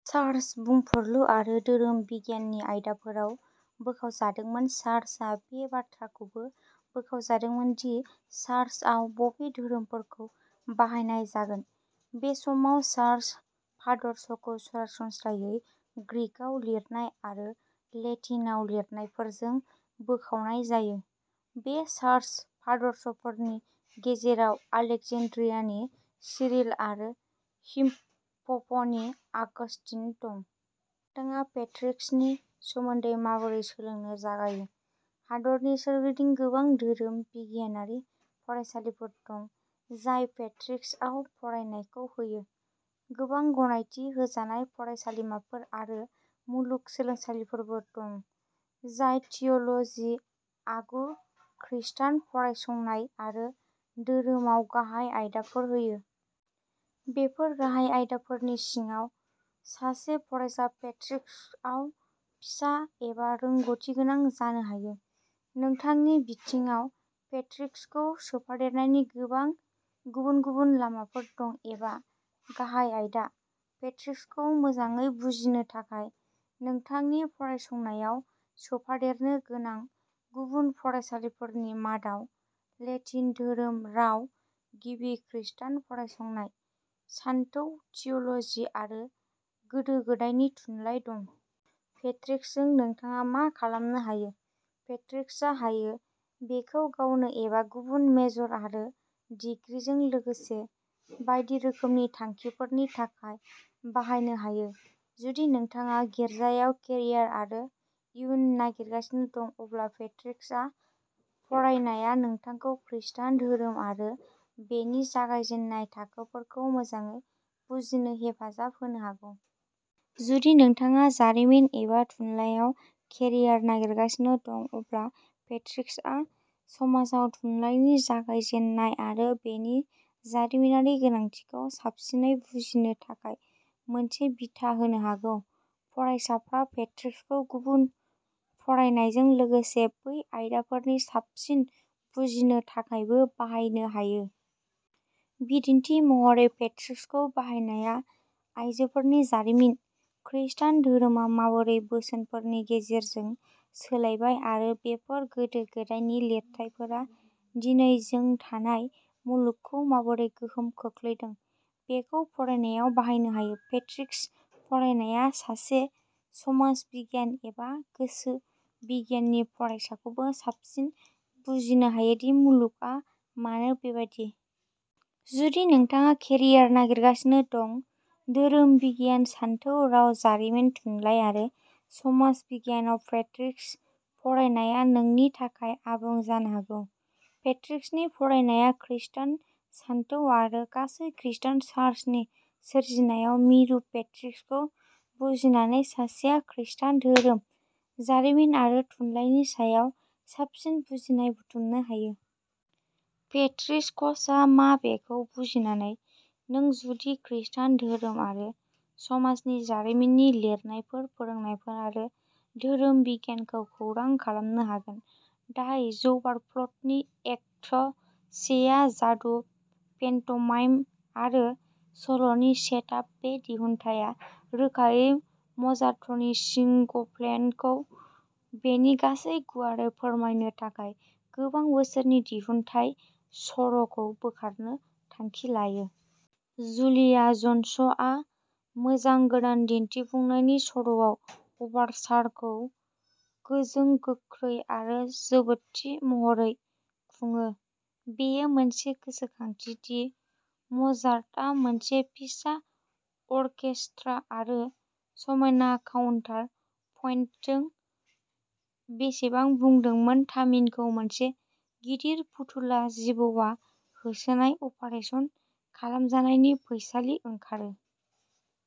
Church बुंफुरलु आरो धोरोम बिगियाननि आयदाफोराव बोखावजादोंमोन। चार्चआ बे बाथ्राखौबो बोखावजादोंमोन दि चार्चआव बबे धोरोमफोरखौ बाहायनाय जागोन। बे समाव चार्च फाधर्सखौ सरासनस्रायै ग्रीकआव लिरनाय आरो लेटिनआव लिरनायफोरजों बोखावनाय जायो। बे चार्च फाधर्सफोरनि गेजेराव आलेक्जेन्ड्रियानि सिरिल आरो हिप्प'नि अगास्टिन दं। नोंथाङा पेट्रिस्टिक्सनि सोमोन्दै माबोरै सोलोंनो जागायो? हादोरनि सोरगिदिं गोबां धोरोम बिगियानारि फरायसालिफोर दं जाय पेट्रिस्टिक्सआव फरायनायखौ होयो। गोबां गनायथि होजानाय फरायसालिमाफोर आरो मुलुग सोलोंसालिफोरबो दं जाय थिय'ल'जि, आगु खृस्टान फरायसंनाय आरो धोरोमाव गाहाय आयदाफोर होयो। बेफोर गाहाय आयदाफोरनि सिङाव, सासे फरायसाया पेट्रिक्सआव फिसा एबा रोंग'थि गोनां जानो हायो। नोंथांनि बिथिङाव पेट्रिक्सखौ सोफादेरनायनि गोबां गुबुन गुबुन लामाफोर दं एबा गाहाय आयदा। पेट्रिक्सखौ मोजाङै बुजिनो थाखाय नोंथांनि फरायसंनायाव सोफादेरनो गोनां गुबुन फरायफारिफोरनि मादाव लेटिन, धोरोम, राव, गिबि खृस्टान फरायसंनाय, सानथौ, थिय'ल'जि आरो गोदो गोदायनि थुनलाइ दं। पेट्रिक्सजों नोंथाङा मा खालामनो हायो? पेट्रिक्सआ हायो। बेखौ गावनो एबा गुबुन मेजर आरो डिग्रीजों लोगोसे बायदि रोखोमनि थांखिफोरनि थाखाय बाहायनो हायो। जुदि नोंथाङा गिर्जायाव केरियार आरो इयुन नागिरगासिनो दं, अब्ला पेट्रिक्सा फरायनाया नोंथांखौ खृस्टान धोरोम आरो बेनि जागायजेन्नाय थाखोफोरखौ मोजाङै बुजिनो हेफाजाब होनो हागौ। जुदि नोंथाङा जारिमिन एबा थुनलाइयाव केरियार नागिरगासिनो दं, अब्ला पेट्रिक्सआ समाजाव थुनलाइनि जागायजेन्नाय आरो बेनि जारिमिनारि गोनांथिखौ साबसिनै बुजिनो थाखाय मोनसे बिथा होनो हागौ। फरायसाफ्रा पेट्रिक्सखौ गुबुन फरायनायजों लोगोसे बै आयदाफोरनि साबसिन बुजिनो थाखायबो बाहायनो हायो। बिदिन्थि महरै, पेट्रिक्सखौ बाहायनाया आइजोफोरनि जारिमिन, खृष्टान धोरोमा माबोरै बोसोरफोरनि गेजेरजों सोलायबाय आरो बेफोर गोदो गोदायनि लिरथाइफोरा दिनै जों थानाय मुलुगखौ माबोरै गोहोम खोख्लैदों बेखौ फरायनायाव बाहायनो हायो। पेट्रिक्स फरायनाया सासे समाज बिगियान एबा गोसो बिगियाननि फरायसाखौबो साबसिन बुजिनो हायो दि मुलुगआ मानो बेबायदि। जुदि नोंथाङा केरियार नागिरगासिनो दं। धोरोम बिगियान, सानथौ, राव, जारिमिन, थुनलाइ आरो समाज बिगियानाव, पेट्रिक्स फरायनाया नोंनि थाखाय आबुं जानो हागौ। पेट्रिक्सनि फरायनाया खृस्टान सानथौ आरो गासै खृस्टान चार्चनि सोरजिनायाव मिरु। पेट्रिक्सखौ बुजिनानै, सासेया खृस्टान धोरोम, जारिमिन आरो थुनलाइनि सायाव साबसिन बुजिनाय बुथुमनो हायो। पेट्रिकसआ मा बेखौ बुजिनानै, नों गुदि खृस्टान धोरोम आरो समाजनि जारिमिननि लिरनायफोर, फोरोंनायफोर आरो धोरोम बिगियानखौ खौरां खालामनो हागोन। डाइ जौबारफ्ल'टनि एक्ट सेआ जादु, पेन्टमाइन आरो सल'नि सेट आप। बे दिहुनथाया रोखायै म'जार्टनि सिंगस्पेलखौ बेनि गासै गुवारै फोरमायनो थाखाय गोबां बोसोरनि दिहुनथाइ सर'खौ बोखारनो थांखि लायो। जुलिया ज'न्सआ मोजां गोदान दिन्थिफुंनायनि सर'आव अभारचारखौ गोजों, गोख्रै आरो जोबोदथि महरै खुङो। बेयो मोनसे गोसोखांथि दि म'जार्टआ मोनसे फिसा अर्केस्ट्रा आरो समायना काउन्टार पइन्टजों बेसेबां बुंदोंमोन। तामिनखौ मोनसे गिदिर फुथुला जिबौआ होसोनाय, अपारेसन खालामजानायनि फैसालि ओंखारो।